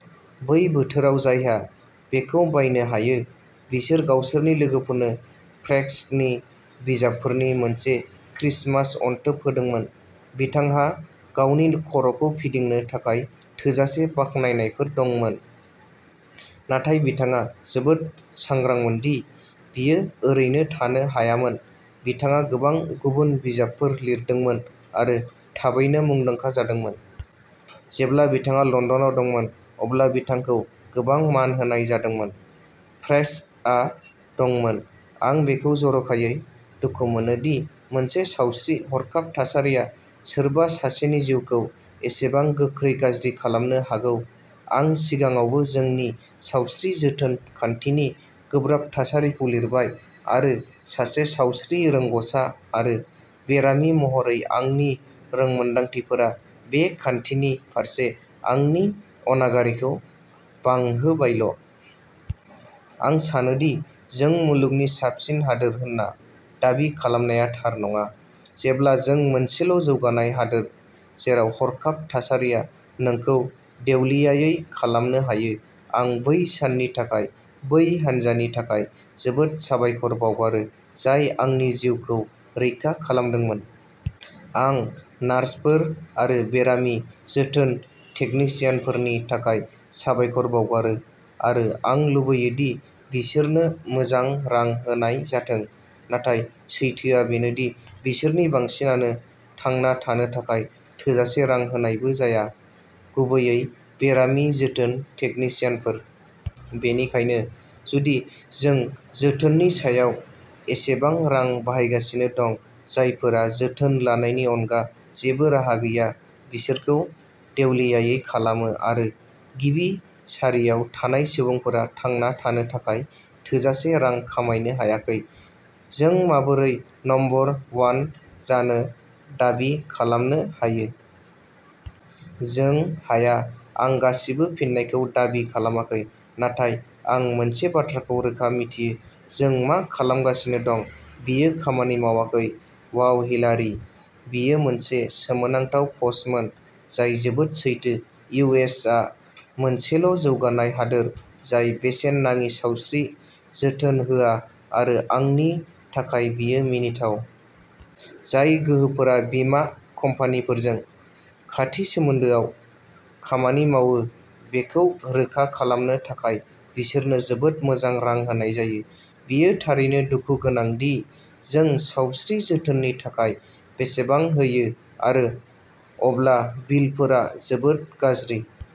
बै बोथोराव जायहा बेखौ बायनो हायो, बिसोर गावसोरनि लोगोफोरनो प्रेस्कटनि बिजाबफोरनि मोनसे क्रिसमास अनथोब होदोंमोन। बिथांहा गावनि खर'खौ फिदिंनो थाखाय थोजासे बाखनायनायफोर दंमोन, नाथाय बिथाङा जोबोद सांग्रांमोन दि बियो ओरैनो थानो हायामोन। बिथाङा गोबां गुबुन बिजाबफोर लिरदोंमोन आरो थाबैनो मुंदांखा जादोंमोन। जेब्ला बिथाङा लन्दनाव दंमोन, अब्ला बिथांखौ गोबां मान होनाय जादोंमोन। प्रेस्कटआ दंमोन। आं बेखौ जर'खायै दुखु मोनो दि मोनसे सावस्रि हरखाब थासारिया सोरबा सासेनि जिउखौ एसेबां गोख्रै गाज्रि खालामनो हागौ। आं सिगाङावबो जोंनि सावस्रि जोथोन खान्थिनि गोब्राब थासारिखौ लिरबाय, आरो सासे सावस्रि रोंग'सा आरो बेरामि महरै आंनि रोंमोनदांथिफोरा बे खान्थिनि फारसे आंनि अनागारिखौ बांहोबायल'। आं सानो दि जों मुलुगनि साबसिन हादोर होनना दाबि खालामनाया थार नङा, जेब्ला जों मोनसेल'जौगानाय हादोर जेराव हरखाब थासारिया नोंखौ देउलियायै खालामनो हायो। आं बै साननि थाखाय बै हानजानि थाखाय जोबोद साबायखर बावगारो जाय आंनि जिउखौ रैखा खालामदोंमोन। आं नार्सफोर आरो बेरामि जोथोन टेकनिशियानफोरनि थाखाय साबायखर बावगारो आरो आं लुबैयो दि बिसोरनो मोजां रां होनाय जाथों, नाथाय सैथोआ बेनो दि बिसोरनि बांसिनानो थांना थानो थाखाय थोजासे रां होनायबो जाया। गुबैयै बेरामि जोथोन टेकनिशियानफोर। बेनिखायनो, जुदि जों जोथोननि सायाव एसेबां रां बाहायगासिनो दं, जायफोरा जोथोन लानायनि अनगा जेबो राहा गैया बिसोरखौ देउलियायै खालामो आरो गिबि सारियाव थानाय सुबुंफोरा थांना थानो थाखाय थोजासे रां खामायनो हायाखै, जों माबोरै नम्बर वन जानो दाबि खालामनो हायो? जों हाया। आं गासिबो फिननायखौ दाबि खालामाखै, नाथाय आं मोनसे बाथ्राखौ रोखा मिथियोः जों मा खालामगासिनो दं बेयो खामानि मावाखै। वाव हिलारि, बेयो मोनसे सोमोनांथाव पस्टमोन जाय जोबोद सैथो! इउ. एस. आ मोनसेल'जौगानाय हादोर जाय बेसेन नाङि सावस्रि जोथोन होआ आरो आंनि थाखाय बेयो मिनिथाव! जाय गोहोफोरा बीमा कम्पानिफोरजों खाथि सोमोन्दोआव खामानि मावो बेखौ रोखा खालामनो थाखाय बिसोरनो जोबोद मोजां रां होनाय जायो! बेयो थारैनो दुखु गोनां दि जों सावस्रि जोथोननि थाखाय बेसेबां होयो आरो अब्ला बिलफोरा जोबोद गाज्रि!